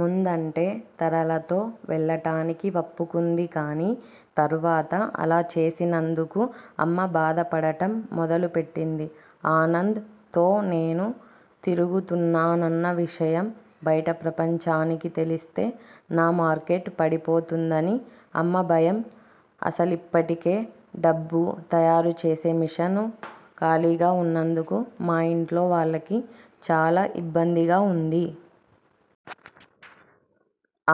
ముందంటే తరళతో వెళ్ళటానికి వప్పుకుంది కానీ, తరువాత అలా చేసినందుకు అమ్మ బాధపడటం మొదలు పెట్టింది. ఆనంద్ తో నేను తిరుగుతున్నానన్న విషయం బయట ప్రపంచానికి తెలిస్తే నా మార్కెట్ పడిపోతుందని అమ్మ భయం అసలిప్పటికే, డబ్బు తయారు చేసే మిషను ఖాళీగా వున్నందుకు మా ఇంట్లో వాళ్ళకి చాలా ఇబ్బందిగా వుంది.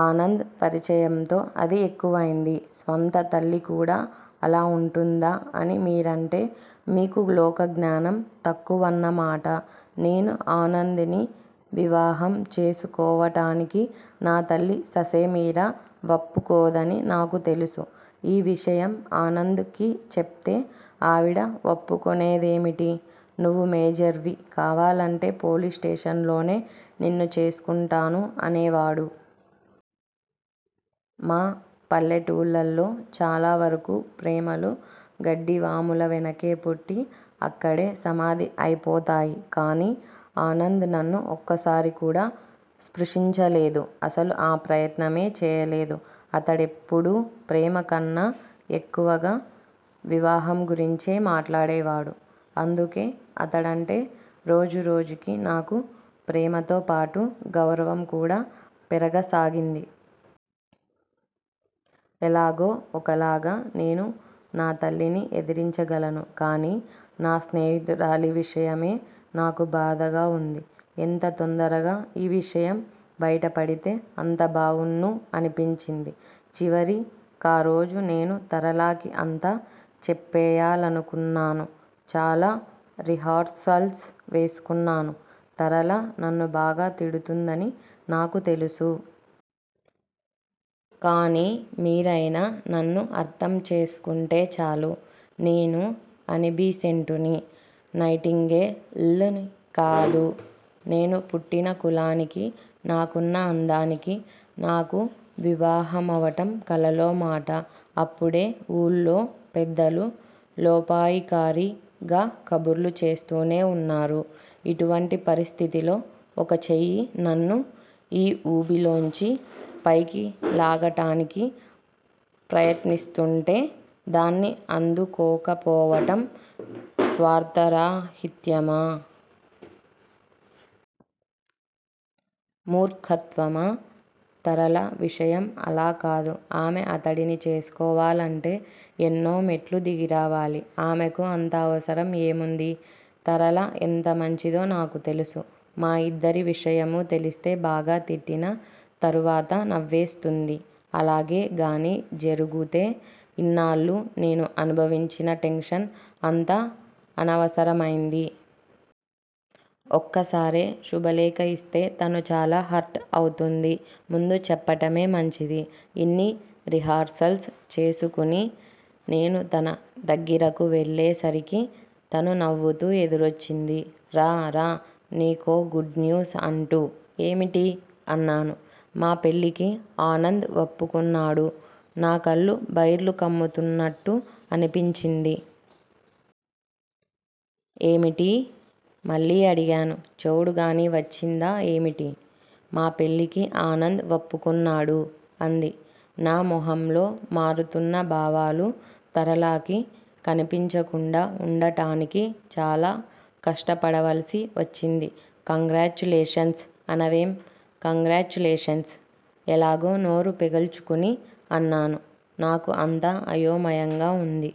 ఆనంద్ పరిచయంతో అది ఎక్కువైంది. స్వంత తల్లికూడా అలా వుంటుందా అని మీరంటే మీకు లోకజ్ఞానం తక్కువన్నమాట. నేను ఆనంద్ ని వివాహం చేసుకోవటానికి నా తల్లి ససేమిరా వప్పుకోదని నాకు తెలుసు. ఈ విషయం ఆనంద్ కి చెప్తే ఆవిడ వప్పుకొనేదేమిటి? నువ్వు మేజర్ వి కావాలంటే పోలీస్ స్టేషన్ లోనే నిన్ను చేసుకుంటాను అనేవాడు. మా పల్లెటూళ్ళల్లో చాలావరకు ప్రేమలు గడ్డివాముల వెనకే పుట్టి, అక్కడే సమాధి అయిపోతాయి. కానీ ఆనంద్ నన్ను ఒక్కసారి కూడా స్పృశించలేదు. అసలు ఆ ప్రయత్నమే చేయలేదు. అతడెప్పుడూ ప్రేమకన్నా ఎక్కువగా వివాహం గురించే మాట్లాడేవాడు. అందుకే అతడంటే రోజురోజుకీ నాకు ప్రేమతోపాటు గౌరవం కూడా పెరగసాగింది. ఎలాగో ఒకలాగా నేను నా తల్లిని ఎదురించగలను. కానీ నా స్నేహితురాలి విషయమే నాకు బాధగా వుంది. ఎంత తొందరగా ఈ విషయం బయటపడితే అంత బావుణ్ణు అనిపించింది. చివరి కారోజు నేను తరళకి అంతా చెప్పెయ్యాలనుకున్నాను. చాలా రిహార్సల్స్ వేసుకున్నాను. తరళ నన్ను బాగా తిడుతుందని నాకు తెలుసు. కానీ మీరైనా నన్ను అర్ధం చేసుకుంటే చాలు. నేను అనిబిసెంటునీ, నైటింగే ల్ నీ కాదు. నేను పుట్టిన కులానికీ, నాకున్న అందానికీ నాకు వివాహమవటం కలలో మాట. అప్పుడే వూళ్ళో పెద్దలు 'లోపాయికారీ'గా కబుర్లు చేస్తూనే వున్నారు. ఇటువంటి పరిస్థితిలో ఒక చెయ్యి నన్ను ఈ వూబిలోంచి పైకి లాగటానికి ప్రయత్నిస్తూంటే, దాన్ని అందుకోకపోవటం స్వార్ధరాహిత్యమా? మూర్ఖత్వమా? తరళ విషయం అలాకాదు. ఆమె అతడిని చేసుకోవాలంటే ఎన్నో మెట్లు దిగి రావాలి. ఆమెకు అంత అవసరం ఏముంది? తరళ ఎంత మంచిదో నాకు తెలుసు. మా ఇద్దరి విషయమూ తెలిస్తే బాగా తిట్టినా, తరువాత నవ్వేస్తుంది. అలాగే గానీ జరుగుతే, ఇన్నాళ్ళూ నేను అనుభవించిన టెన్షన్ అంతా అనవసరమైంది. ఒక్కసారే శుభలేఖ ఇస్తే తను చాలా హర్ట్ అవుతుంది. ముందు చెప్పటమే మంచిది. ఇన్ని రిహార్సల్స్ చేసుకుని నేను తన దగ్గిరకు వెళ్ళేసరికి తను నవ్వుతూ ఎదురొచ్చింది. రా రా నీకో గుడ్ న్యూస్ అంటూ. ఏమిటి? అన్నాను. మా పెళ్ళికి ఆనంద్ వప్పుకున్నాడు. నా కళ్ళు బైర్లు కమ్ముతున్నట్టు అనిపించింది. ఏమిటీ? మళ్ళీ అడిగాను. చెవుడుగానీ వచ్చిందా ఏమిటి? మా పెళ్ళికి ఆనంద్ వప్పుకున్నాడు- అంది. నా మొహంలో మారుతున్న భావాలు తరళ కి కనిపించకుండా ఉండటానికి చాలా కష్టపడవలసి వచ్చింది. కంగ్రాచ్యులేషన్స్ అనవేం? కంగ్రాచ్యులేషన్స్. ఎలాగో నోరు పెగల్చుకుని అన్నాను. నాకు అంతా అయోమయంగా వుంది.